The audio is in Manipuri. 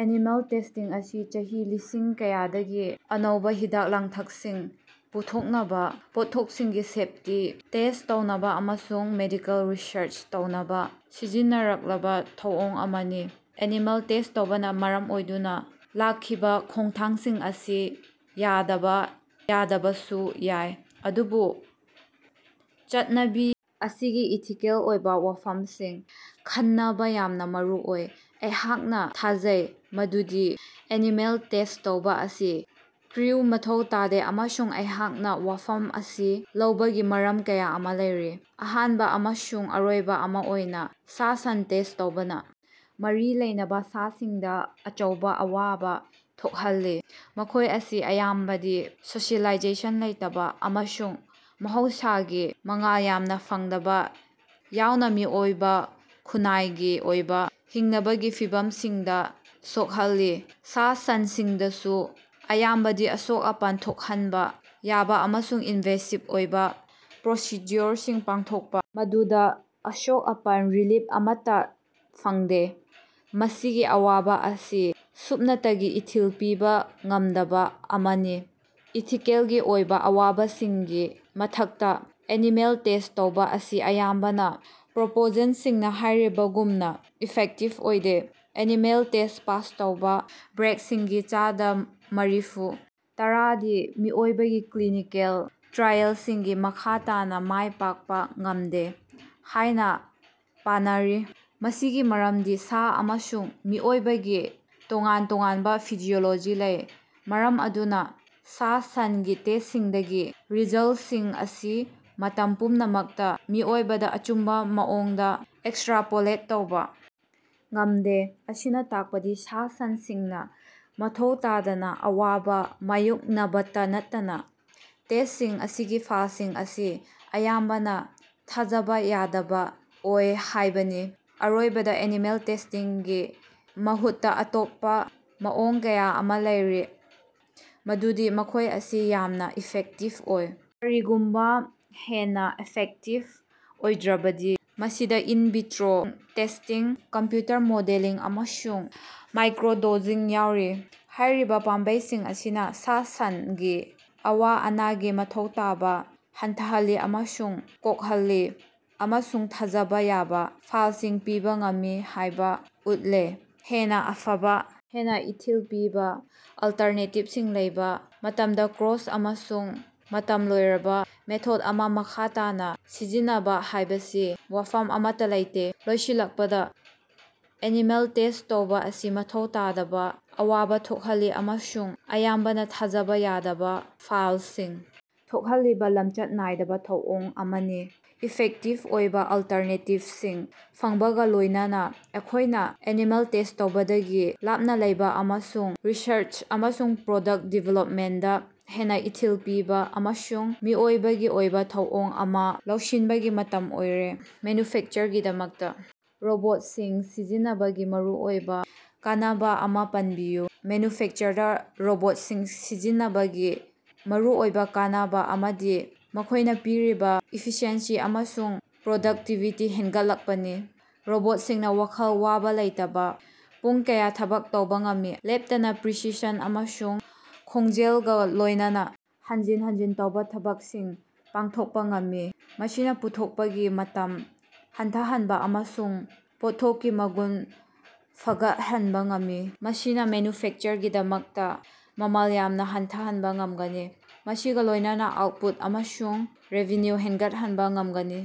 ꯑꯦꯅꯤꯃꯦꯜ ꯇꯦꯁꯇꯤꯡ ꯑꯁꯤ ꯆꯍꯤ ꯂꯤꯁꯤꯡ ꯀꯌꯥꯗꯒꯤ ꯑꯅꯧꯕꯥ ꯍꯤꯗꯥꯛ-ꯂꯥꯡꯊꯛꯁꯤꯡ ꯄꯨꯊꯣꯛꯅꯕꯥ, ꯄꯣꯠꯊꯣꯛꯁꯤꯡꯒꯤ ꯁꯦꯞꯇꯤ ꯇꯦꯁ ꯇꯧꯅꯕꯥ ꯑꯃꯁꯨꯡ ꯃꯦꯗꯤꯀꯦꯜ ꯔꯤꯁꯔꯆ ꯇꯧꯅꯕꯥ ꯁꯤꯖꯤꯟꯅꯔꯛꯂꯕꯥ ꯊꯧꯑꯣꯡ ꯑꯃꯅꯤ꯫ ꯑꯦꯅꯤꯃꯦꯜ ꯇꯦꯁ ꯇꯧꯕꯅꯥ ꯃꯔꯝ ꯑꯣꯏꯗꯨꯅꯥ ꯂꯥꯛꯈꯤꯕꯥ ꯈꯣꯡꯊꯥꯡꯁꯤꯡ ꯑꯁꯤ ꯌꯥꯗꯕꯥ ꯌꯥꯗꯕꯁꯨ ꯌꯥꯏ, ꯑꯗꯨꯕꯨ ꯆꯠꯅꯕꯤ ꯑꯁꯤꯒꯤ ꯏꯊꯤꯀꯦꯜꯒꯤ ꯑꯣꯏꯕꯥ ꯋꯥꯐꯝꯁꯤꯡ ꯈꯟꯅꯕꯁꯤ ꯌꯥꯝꯅꯥ ꯃꯔꯨꯑꯣꯏ꯫ ꯑꯩꯍꯥꯛꯅꯥ ꯊꯥꯖꯩ ꯃꯗꯨꯗꯤ ꯑꯦꯅꯤꯃꯦꯜ ꯇꯦꯁ ꯇꯧꯕꯥ ꯑꯁꯤ ꯀ꯭ꯔꯤꯎ ꯃꯊꯧ ꯇꯥꯗꯦ ꯑꯃꯁꯨꯡ ꯑꯩꯍꯥꯛꯅꯥ ꯋꯥꯐꯝ ꯑꯁꯤ ꯂꯧꯕꯒꯤ ꯃꯔꯝ ꯀꯌꯥ ꯑꯃꯥ ꯂꯩꯔꯤ꯫ ꯑꯍꯥꯟꯕꯥ ꯑꯃꯁꯨꯡ ꯑꯔꯣꯏꯕꯥ ꯑꯣꯏꯅꯥ, ꯁꯥ-ꯁꯟ ꯇꯦꯁ ꯇꯧꯕꯅꯥ ꯃꯔꯤ ꯂꯩꯅꯕꯥ ꯁꯥꯁꯤꯡꯗꯥ ꯑꯆꯧꯕꯥ ꯑꯋꯥꯕꯥ ꯊꯣꯛꯍꯜꯂꯤ꯫ ꯃꯈꯣꯏ ꯑꯁꯤ ꯑꯌꯥꯝꯕꯗꯤ ꯁꯣꯁꯤꯑꯦꯂꯥꯏꯖꯦꯁꯟ ꯂꯩꯇꯕꯥ ꯑꯃꯁꯨꯡ ꯃꯍꯧꯁꯥꯒꯤ ꯃꯉꯥꯜ ꯌꯥꯝꯅꯥ ꯐꯪꯗꯕꯥ ꯌꯥꯎꯅꯥ ꯃꯤꯑꯣꯏꯕꯥ ꯈꯨꯟꯅꯥꯏꯒꯤ ꯑꯣꯏꯕꯥ ꯍꯤꯡꯅꯕꯒꯤ ꯐꯤꯚꯝꯁꯤꯡꯗꯥ ꯁꯣꯛꯍꯜꯂꯤ꯫ ꯁꯥ-ꯁꯟꯁꯤꯡꯗꯁꯨ ꯑꯌꯥꯝꯕꯗꯤ ꯑꯁꯣꯛ-ꯑꯄꯟ ꯊꯣꯛꯍꯟꯕꯥ ꯌꯥꯕꯥ ꯑꯃꯁꯨꯡ ꯏꯟꯚꯦꯁꯤꯞ ꯑꯣꯏꯕꯥ ꯄ꯭ꯔꯣꯁꯤꯗ꯭ꯌꯨꯑꯣꯔꯁꯤꯡ ꯄꯥꯡꯊꯣꯛꯏ, ꯃꯗꯨꯗꯥ ꯑꯁꯣꯛ-ꯑꯄꯟ ꯔꯤꯂꯤꯞ ꯑꯃꯠꯇꯥ ꯐꯪꯗꯦ꯫ ꯃꯁꯤꯒꯤ ꯑꯋꯥꯕꯥ ꯑꯁꯤ ꯁꯨꯞꯅꯇꯒꯤ ꯏꯊꯤꯜ ꯄꯤꯕꯥ ꯉꯝꯗꯕꯥ ꯑꯃꯅꯤ꯫ ꯏꯊꯤꯀꯦꯜꯒꯤ ꯑꯣꯏꯕꯥ ꯑꯋꯥꯕꯁꯤꯡꯒꯤ ꯃꯊꯛꯇꯥ, ꯑꯦꯅꯤꯃꯦꯜ ꯇꯦꯁ ꯇꯧꯕꯥ ꯑꯁꯤ ꯑꯌꯥꯝꯕꯅꯥ ꯄ꯭ꯔꯣꯄꯣꯖꯦꯟꯁꯤꯡꯅꯥ ꯍꯥꯏꯔꯤꯕꯒꯨꯝꯅꯥ ꯏꯐꯦꯛꯇꯤꯞ ꯑꯣꯏꯗꯦ꯫ ꯑꯦꯅꯤꯃꯦꯜ ꯇꯦꯁ ꯄꯥꯁ ꯇꯧꯕꯥ ꯗ꯭ꯔꯛꯁꯤꯡꯒꯤ ꯆꯥꯗꯥ ꯃꯔꯤꯐꯨ ꯇꯔꯥꯗꯤ ꯃꯤꯑꯣꯏꯕꯒꯤ ꯀ꯭ꯂꯤꯅꯤꯀꯦꯜ ꯇ꯭ꯔꯥꯏꯑꯦꯜꯁꯤꯡꯗꯥ ꯃꯈꯥ ꯇꯥꯅꯥ ꯃꯥꯏ ꯄꯥꯛꯄꯥ ꯉꯝꯗꯦ ꯍꯥꯏꯅꯥ ꯄꯥꯅꯔꯤ꯫ ꯃꯁꯤꯒꯤ ꯃꯔꯝꯗꯤ ꯁꯥ ꯑꯃꯁꯨꯡ ꯃꯤꯑꯣꯏꯕꯒꯤ ꯇꯣꯉꯥꯟ ꯇꯣꯉꯥꯟꯕꯥ ꯐꯤꯖꯤꯑꯣꯂꯣꯖꯤ ꯂꯩ, ꯃꯔꯝ ꯑꯗꯨꯅꯥ ꯁꯥ-ꯁꯟꯒꯤ ꯇꯦꯁꯁꯤꯡꯗꯒꯤ ꯔꯤꯖꯜꯁꯤꯡ ꯑꯁꯤ ꯃꯇꯝ ꯄꯨꯝꯅꯃꯛꯇꯥ ꯃꯤꯑꯣꯏꯕꯗꯥ ꯑꯆꯨꯝꯕꯥ ꯃꯑꯣꯡꯗꯥ ꯑꯦꯛꯁꯇ꯭ꯔꯥꯄꯣꯂꯦꯠ ꯇꯧꯕꯥ ꯉꯝꯗꯦ꯫ ꯃꯁꯤꯅꯥ ꯇꯥꯛꯄꯗꯤ ꯁꯥ-ꯁꯟꯁꯤꯡꯅꯥ ꯃꯊꯧ ꯇꯥꯗꯅꯥ ꯑꯋꯥꯕꯥ ꯃꯥꯌꯣꯛꯅꯕꯇꯥ ꯅꯠꯇꯅꯥ ꯇꯦꯁꯁꯤꯡ ꯑꯁꯤꯒꯤ ꯐꯜꯁꯤꯡ ꯑꯁꯤ ꯑꯌꯥꯝꯕꯅꯥ ꯊꯥꯖꯕꯥ ꯌꯥꯗꯕꯥ ꯑꯣꯏ ꯍꯥꯏꯕꯅꯤ꯫ ꯑꯔꯣꯏꯕꯗꯥ, ꯑꯦꯅꯤꯃꯦꯜ ꯇꯦꯁꯇꯤꯡꯒꯤ ꯃꯍꯨꯠꯇꯥ ꯑꯇꯣꯞꯄꯥ ꯃꯑꯣꯡ ꯀꯌꯥ ꯑꯃꯥ ꯂꯩꯔꯤ ꯃꯗꯨꯗꯤ ꯃꯈꯣꯏ ꯑꯁꯤ ꯌꯥꯝꯅꯥ ꯏꯐꯦꯛꯇꯤꯕ ꯑꯣꯏ, ꯀꯔꯤꯒꯨꯝꯕꯥ ꯍꯦꯟꯅꯥ ꯏꯐꯦꯛꯇꯤꯕ ꯑꯣꯏꯗ꯭ꯔꯕꯗꯤ ꯃꯁꯤꯗꯥ in vitro testing, computer modelling ꯑꯃꯁꯨꯡ ꯃꯥꯏꯀ꯭ꯔꯣꯗꯣꯖꯤꯡ ꯌꯥꯎꯔꯤ꯫ ꯍꯥꯏꯔꯤꯕꯥ ꯄꯥꯝꯕꯩꯁꯤꯡ ꯑꯁꯤꯅꯥ ꯁꯥ-ꯁꯟꯒꯤ ꯑꯋꯥ-ꯑꯅꯥꯒꯤ ꯃꯊꯧ ꯇꯥꯕꯥ ꯍꯟꯊꯍꯜꯂꯤ ꯑꯃꯁꯨꯡ ꯀꯣꯛꯍꯜꯂꯤ ꯑꯃꯁꯨꯡ ꯊꯥꯖꯕꯥ ꯌꯥꯕꯥ ꯐꯜꯁꯤꯡ ꯄꯤꯕꯥ ꯉꯝꯃꯤ ꯍꯥꯏꯕꯥ ꯎꯠꯂꯦ꯫ ꯍꯦꯟꯅꯥ ꯐꯕꯥ, ꯍꯦꯟꯅꯥ ꯏꯊꯤꯜ ꯄꯤꯕꯥ ꯑꯜꯇꯔꯅꯦꯇꯤꯕꯁꯤꯡ ꯂꯩꯕꯥ ꯃꯇꯝꯗꯥ ꯀ꯭ꯔꯣꯁ ꯑꯃꯁꯨꯡ ꯃꯇꯝ ꯂꯣꯏꯔꯕꯥ ꯃꯦꯊꯠ ꯑꯃꯥ ꯃꯈꯥ ꯇꯥꯅꯥ ꯁꯤꯖꯤꯟꯅꯕꯥ ꯍꯥꯏꯕꯁꯤ ꯋꯥꯐꯝ ꯑꯃꯠꯇꯥ ꯂꯩꯇꯦ꯫ ꯂꯣꯏꯁꯤꯜꯂꯛꯄꯗꯥ, ꯑꯦꯅꯤꯃꯦꯜ ꯇꯦꯁ ꯇꯧꯕꯥ ꯑꯁꯤ ꯃꯊꯧ ꯇꯥꯗꯕꯥ ꯑꯋꯥꯕꯥ ꯊꯣꯛꯍꯜꯂꯤ ꯑꯃꯁꯨꯡ ꯑꯌꯥꯝꯕꯅꯥ ꯊꯥꯖꯕꯥ ꯌꯥꯗꯕꯥ ꯐꯜꯁꯤꯡ ꯊꯣꯛꯍꯜꯂꯤꯕꯥ ꯂꯝꯆꯠ ꯅꯥꯏꯗꯕꯥ ꯊꯧꯑꯣꯡ ꯑꯃꯅꯤ꯫ ꯏꯐꯦꯛꯇꯤꯕ ꯑꯣꯏꯕꯥ ꯑꯜꯇꯔꯅꯦꯇꯤꯕꯁꯤꯡ ꯐꯪꯕꯒꯥ ꯂꯣꯏꯅꯅꯥ ꯑꯩꯈꯣꯏꯅꯥ ꯑꯦꯅꯤꯃꯦꯜ ꯇꯦꯁ ꯇꯧꯕꯗꯒꯤ ꯂꯥꯞꯅꯥ ꯂꯩꯕꯥ ꯑꯃꯁꯨꯡ ꯔꯤꯁꯔꯆ ꯑꯃꯁꯨꯡ ꯄ꯭ꯔꯗꯛꯇ ꯗꯤꯕꯦꯂꯞꯃꯦꯟꯇꯗꯥ ꯍꯦꯟꯅꯥ ꯏꯊꯤꯜ ꯄꯤꯕꯥ ꯑꯃꯁꯨꯡ ꯃꯤꯑꯣꯏꯕꯒꯤ ꯑꯣꯏꯕꯥ ꯊꯧꯑꯣꯡ ꯑꯃꯥ ꯂꯧꯁꯤꯟꯕꯒꯤ ꯃꯇꯝ ꯑꯣꯏꯔꯦ꯫ ꯃꯦꯅꯨꯐꯦꯛꯆꯔꯤꯡꯒꯤꯗꯃꯛꯇꯥ ꯔꯣꯕꯣꯠꯁꯤꯡ ꯁꯤꯖꯤꯟꯅꯕꯒꯤ ꯃꯔꯨꯑꯣꯏꯕꯥ ꯀꯥꯟꯅꯕꯥ ꯑꯃꯥ ꯄꯟꯕꯤꯌꯨ꯫ ꯃꯦꯅꯨꯐꯦꯛꯆꯔꯤꯡꯗꯥ ꯔꯣꯕꯣꯠꯁꯤꯡ ꯁꯤꯖꯤꯟꯅꯕꯒꯤ ꯃꯔꯨꯑꯣꯏꯕꯥ ꯀꯥꯟꯅꯕꯥ ꯑꯃꯗꯤ ꯃꯈꯣꯏꯅꯥ ꯄꯤꯔꯤꯕꯥ ꯏꯐꯤꯁꯤꯑꯦꯟꯁꯤ ꯑꯃꯁꯨꯡ ꯄ꯭ꯔꯗꯛꯇꯤꯕꯤꯇꯤ ꯍꯦꯟꯒꯠꯂꯛꯄꯅꯤ꯫ ꯔꯣꯕꯣꯠꯁꯤꯡꯅꯥ ꯋꯥꯈꯜ ꯋꯥꯕꯥ ꯂꯩꯇꯅꯥ ꯄꯨꯡ ꯀꯌꯥ ꯊꯕꯛ ꯇꯧꯕꯥ ꯉꯝꯃꯤ ꯑꯃꯁꯨꯡ ꯂꯦꯞꯇꯅꯥ ꯄ꯭ꯔꯤꯁꯤꯁꯟ ꯑꯃꯁꯨꯡ ꯈꯣꯡꯖꯦꯜꯒꯥ ꯂꯣꯏꯅꯅꯥ ꯍꯟꯖꯤꯟ ꯍꯟꯖꯤꯟ ꯇꯧꯕꯥ ꯊꯕꯛꯁꯤꯡ ꯄꯥꯡꯊꯣꯛꯄꯥ ꯉꯝꯃꯤ, ꯃꯁꯤꯅꯥ ꯄꯨꯊꯣꯛꯄꯒꯤ ꯃꯇꯝ ꯍꯟꯊꯍꯟꯕꯥ ꯑꯃꯁꯨꯡ ꯄꯣꯠꯊꯣꯛꯀꯤ ꯃꯒꯨꯟ ꯐꯒꯠꯍꯟꯕꯥ ꯉꯝꯃꯤ꯫ ꯃꯁꯤꯅꯥ ꯃꯦꯅꯨꯐꯦꯛꯆꯔꯒꯤꯗꯃꯛꯇꯥ ꯃꯃꯜ ꯌꯥꯝꯅꯥ ꯍꯟꯊꯍꯟꯕꯥ ꯉꯝꯒꯅꯤ, ꯃꯁꯤꯒꯥ ꯂꯣꯏꯅꯅꯥ ꯑꯥꯎꯠꯄꯨꯠ ꯑꯃꯁꯨꯡ ꯔꯦꯚꯤꯅ꯭ꯌꯨ ꯍꯦꯟꯒꯠꯍꯟꯕꯥ ꯉꯝꯒꯅꯤ꯫